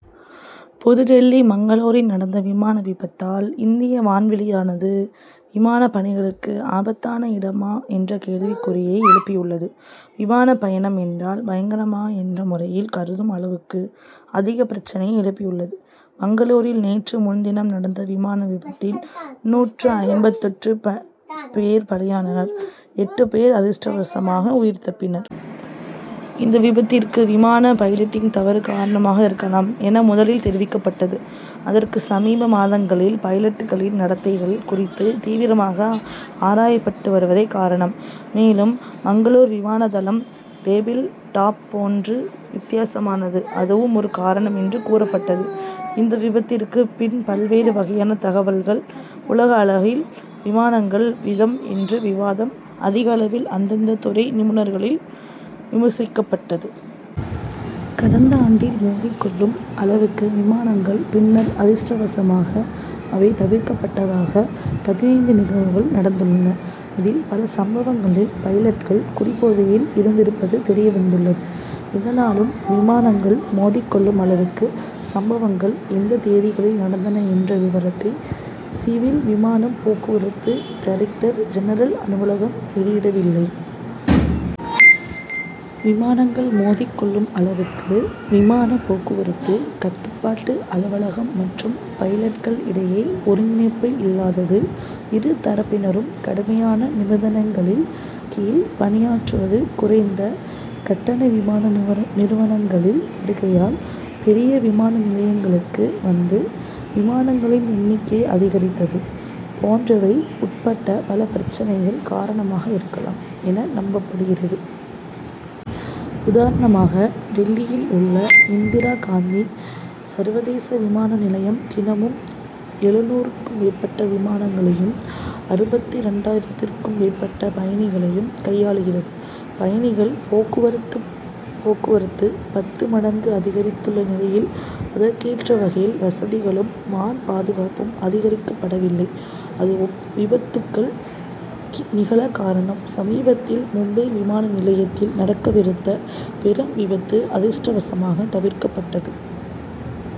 புதுடில்லி மங்களூரில் நடந்த விமான விபத்தால் இந்திய வான்வெளியானது விமானப் பயணிகளுக்கு ஆபத்தான இடமா என்ற கேள்விக்குறியை எழுப்பியுள்ளது. விமானப் பயணம் என்றால் பயங்கரமா என்ற முறையில் கருதும் அளவுக்கு அதிக பிரச்னையை எழுப்பியுள்ளது. மங்களூரில் நேற்று முன்தினம் நடந்த விமான விபத்தில் நூற்று ஐம்பத்தெட்டு பேர் பலியாயினர் எட்டு பேர் அதிர்ஷ்டவசமாக உயிர் தப்பினர். இந்த விபத்திற்கு விமான பைலட்டின் தவறு காரணமாக இருக்கலாம் என முதலில் தெரிவிக்கப்பட்டது. அதற்கு சமீப மாதங்களில் பைலட்களின் நடத்தைகள் குறித்து தீவிரமாக ஆராயப்பட்டு வருவதே காரணம். மேலும் மங்களூரு விமானதளம் டேபிள் டாப் போன்று வித்தியாசமானது அதுவும் ஒரு காரணம் என்று கூறப்பட்டது. இந்த விபத்திற்குப் பின் பல்வேறு வகையான தகவல்கள் உலக அளவில் விமானங்கள் விதம் என்று விவாதம் அதிகளவில் அந்தந்த துறை நிபுணர்களால் விமர்சிக்கப்படுகிறது. கடந்த ஆண்டில் மோதிக் கொள்ளும் அளவுக்கு விமானங்கள் பின்னர் அதிர்ஷ்டவசமாக அவை தவிர்க்கப்பட்டதாக பதினைந்து நிகழ்வுகள் நடந்துள்ளன. இதில் பல சம்பவங்களில் பைலட்கள் குடிபோதையில் இருந்திருப்பது தெரியவந்துள்ளது. இருந்தாலும் விமானங்கள் மோதிக்கொள்ளும் அளவுக்கு சம்பவங்கள் எந்த தேதிகளில் நடந்தன என்ற விவரத்தை சிவில் விமான போக்குவரத்து டைரக்டர் ஜெனரல் அலுவலகம் வெளியிடவில்லை. விமானங்கள் மோதிக் கொள்ளும் அளவுக்கு விமான போக்குவரத்து கட்டுப்பாட்டு அலுவலகம் மற்றும் பைலட்கள் இடையே ஒருங்கிணைப்பு இல்லாதது இரு தரப்பினரும் கடுமையான நிர்பந்தங்களின் கீழ் பணியாற்றுவது குறைந்த கட்டண விமான நிறுவனங்களின் வருகையால் பெரிய விமான நிலையங்களுக்கு வந்து விமானங்களின் எண்ணிக்கை அதிகரித்தது போன்றவை உட்பட பல பிரச்னைகள் காரணமாக இருக்கலாம் என நம்பப்படுகிறது. உதாரணமாக டில்லியில் உள்ள இந்திரா காந்தி சர்வதேச விமான நிலையம் தினமும் எழுநூறுக்கும் மேற்பட்ட விமானங்களையும் அறுபத்திரண்டாயிரத்திற்கும் மேற்பட்ட பயணிகளையும் கையாள்கிறது. பயணிகள் போக்குவரத்து பத்து மடங்கு அதிகரித்துள்ள நிலையில் அதற்கேற்ற வகையில் வசதிகளும் வான் பாதுகாப்பும் அதிகரிக்கப்படவில்லை. அதுவும் விபத்துகள் நிகழ காரணம். சமீபத்தில் மும்பை விமான நிலையத்தில் நடக்கவிருந்த பெரும் விபத்து அதிர்ஷ்டவசமாக தவிர்க்கப்பட்டது.